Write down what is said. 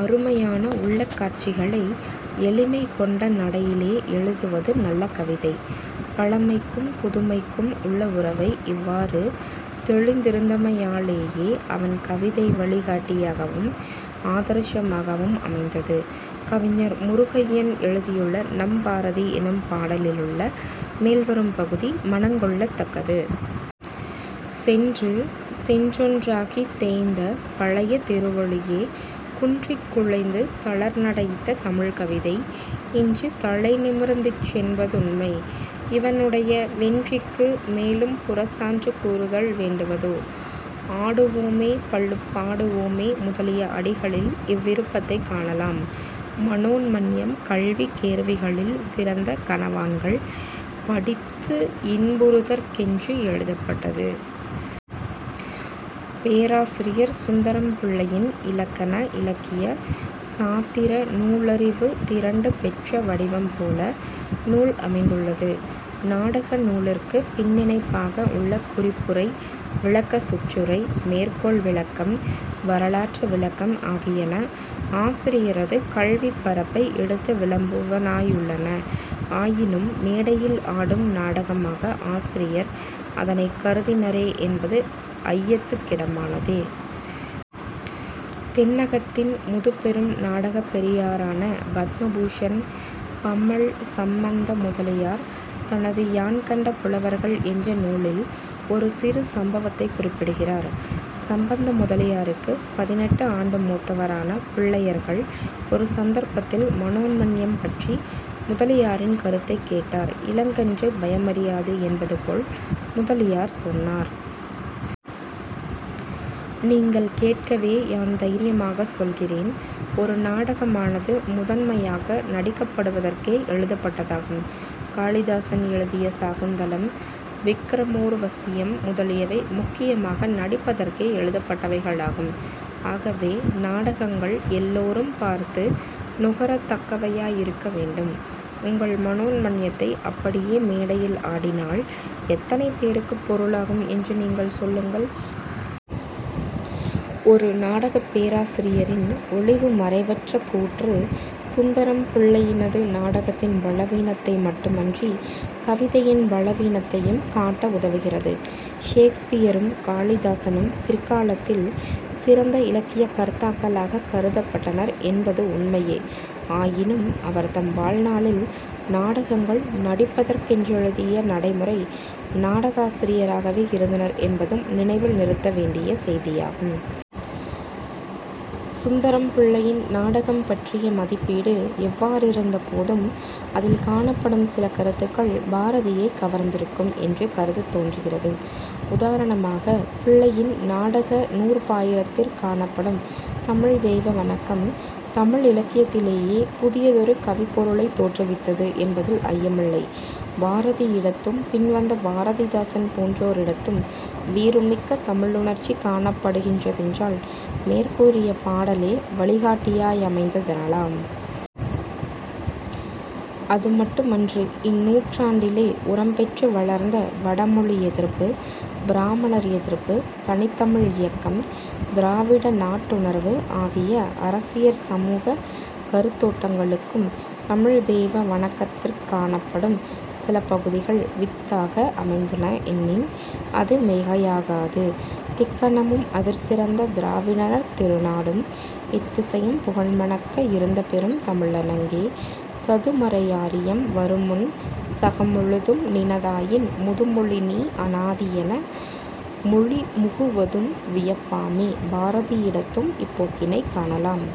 அருமையான உள்ளக் காட்சிகளை எளிமை கொண்ட நடையிலே எழுதுவது நல்ல கவிதை. " பழமைக்கும், புதுமைக்கும் உள்ள உறவை இவ்வாறு தௌிந்திருந்தமையாலேயே அவன் கவிதை வழி காட்டியாகவும், ஆதர்ஷமாகவும் அமைந்தது. கவிஞர் முருகையன் எழுதியுள்ள 'நம் பாரதி' என்னும் பாடலிலுள்ள மேல்வரும் பகுதி மனங்கொள்ளத் தக்கது. "சென்று சென்றொன்றாகித் தேய்ந்த பழைய தெருவழியே குன்றிக் குலைந்து தளர்நடையிட்ட தமிழ்க்கவிதை இன்று தலைநிமிர்த் திற்றென்பதுண்மை இவனுடைய வென்றிக்கு மேலும் புறச்சான்று கூறுதல் வேண்டுவதோ? " "ஆடுவோமே பள்ளுப் பாடுவோமே" முதலிய அடிகளில் இவ்விருப்பத்தைக் காணலாம். மனோன்மணீயம் "கல்வி கேள்விகளிற் சிறந்த கனவான்கள்" படித்தின்புறுதற்கென்று எழுதப்பட்டது. பேராசிரியர் சுந்தரம்பிள்ளையின் இலக்கண, இலக்கிய, சாத்திர நூலறிவு திரண்டு பெற்ற வடிவம் போல நூல் அமைந்துள்ளது. நாடக நூலிற்குப் பின்னிணைப்பாக உள்ள குறிப்புரை, விளக்கச் சிற்றுரை, மேற்கோள் விளக்கம், வரலாற்று விளக்கம் ஆகியன ஆசிரியரது கல்விப் பரப்பை எடுத்து விளம்புவனவாயுள்ளன. ஆயினும் மேடையில் ஆடும் நாடகமாக ஆசிரியர் அதனைக் கருதினரோ என்பது ஐயத்துக்கிடமானதே. தென்னகத்தின் முதுபெரும் நாடகப் பெரியாரான பத்மபூஷன் பம்மல் சம்பந்த முதலியார் தமது யான் கண்ட புலவர்கள் என்ற நூலில் ஒரு சிறு சம்பவத்தைக் குறிப்பிடுகிறார். சம்பந்த முதலியாருக்குப் பதினெட்டு ஆண்டு மூத்தவரான பிள்ளையவர்கள் ஒரு சந்தர்ப்பத்தில் மனோன்மணீயம் பற்றி முதலியாரின் கருத்தைக் கேட்டார். இளங்கன்று பயமறியாது என்பது போல் முதலியார் சொன்னார்.: "நீங்கள் கேட்கவே யான் தைரியமாகச் சொல்கிறேன். ஒரு நாடகமானது முதன்மையாக நடிக்கப்படுவதற்கே எழுதப்பட்டதாகும். காளிதாசன் எழுதிய சாகுந்தலம், விக்கிரமோர்வசியம் முதலியவை முக்கியமாக நடிப்பதற்கே எழுதப்பட்டவைகளாகும். ஆகவே நாடகங்கள் எல்லோரும் பார்த்து நுகரத்தக்கவை யாயிருக்க வேண்டும். உங்கள் மனோன்மணீயத்தை அப்படியே மேடையில் ஆடினால் எத்தனை பேருக்குப் பொருளாகும் என்று நீங்கள் சொல்லுங்கள். "। நாடகப் பேராசிரியரின் ஒளிவு மறைவற்ற கூற்று சுந்தரம்பிள்ளையினது நாடகத்தின் பலவீனத்தை மட்டுமன்றிக் கவிதையின் பலவீனத்தையும் காட்ட உதவுகிறது. ஷேக்ஸ்பியரும், காளிதாசனும் பிற்காலத்தில் சிறந்த இலக்கியக் கர்த்தாக்களாகக் கருதப்பட்டனர் என்பது உண்மையே. ஆயினும் அவர்தம் வாழ்நாளில் நாடகங்கள் நடிப்பதற்கென்றெழுதிய நடைமுறை நாடகாசிரியராகவே இருந்தனர் என்பதும் நினைவில் நிறுத்த வேண்டிய செய்தியாகும். சுந்தரம்பிள்ளையின் நாடகம் பற்றிய மதிப்பீடு எவ்வாறிருந்த போதும் அதிற் காணப்படும் சில கருத்துக்கள் பாரதியைக் கவர்ந்திருக்கும் என்று கருதத்தோன்றுகிறது. உதாரணமாகப் பிள்ளையின் நாடக நூற் பாயிரத்திற் காணப்படும் தமிழ்த் தெய்வ வணக்கம் தமிழிலக்கியத்திலேயே புதியதொரு கவிப்பொருளைத் தோற்றுவித்தது என்பதில் ஐயமில்லை. பாரதியிடத்தும் பின்வந்த பாரதிதாசன் போன்றோரிடத்தும் வீறுமிக்க தமிழுணர்ச்சி காணப்படுகின்ற தென்றால் மேற்கூறிய பாடலே வழிகாட்டியாயமைந்த தெனலாம். அதுமட்டுமன்று; இந்நூற்றாண்டிலே உரம்பெற்று வளர்ந்த வடமொழி எதிர்ப்பு, பிராமணர் எதிர்ப்பு, தனித்தமிழியக்கம், திராவிட நாட்டுணர்வு ஆகிய அரசியற் சமூகக் கருத்தோட்டங்களுக்கும் தமிழ்த் தெய்வ வணக்கத்திற் காணப்படும் சில பகுதிகள் வித்தாக அமைந்தன எனின் அது மிகையாகாது. "தெக்கணமும் அதிற் சிறந்த திராவிட நற் றிருநாடும்" "எத்திசையும் புகழ்மணக்க இருந்தபெருந் தமிழணங்கே" "சதுமறையாரியம் வருமுன் சகமுழுதும் நினதாயின் முதுமொழி நீ அநாதியென மொழிகுவதும் வியப்பாமே" பாரதியிடத்தும் இப்போக்கினைக் காணலாம்.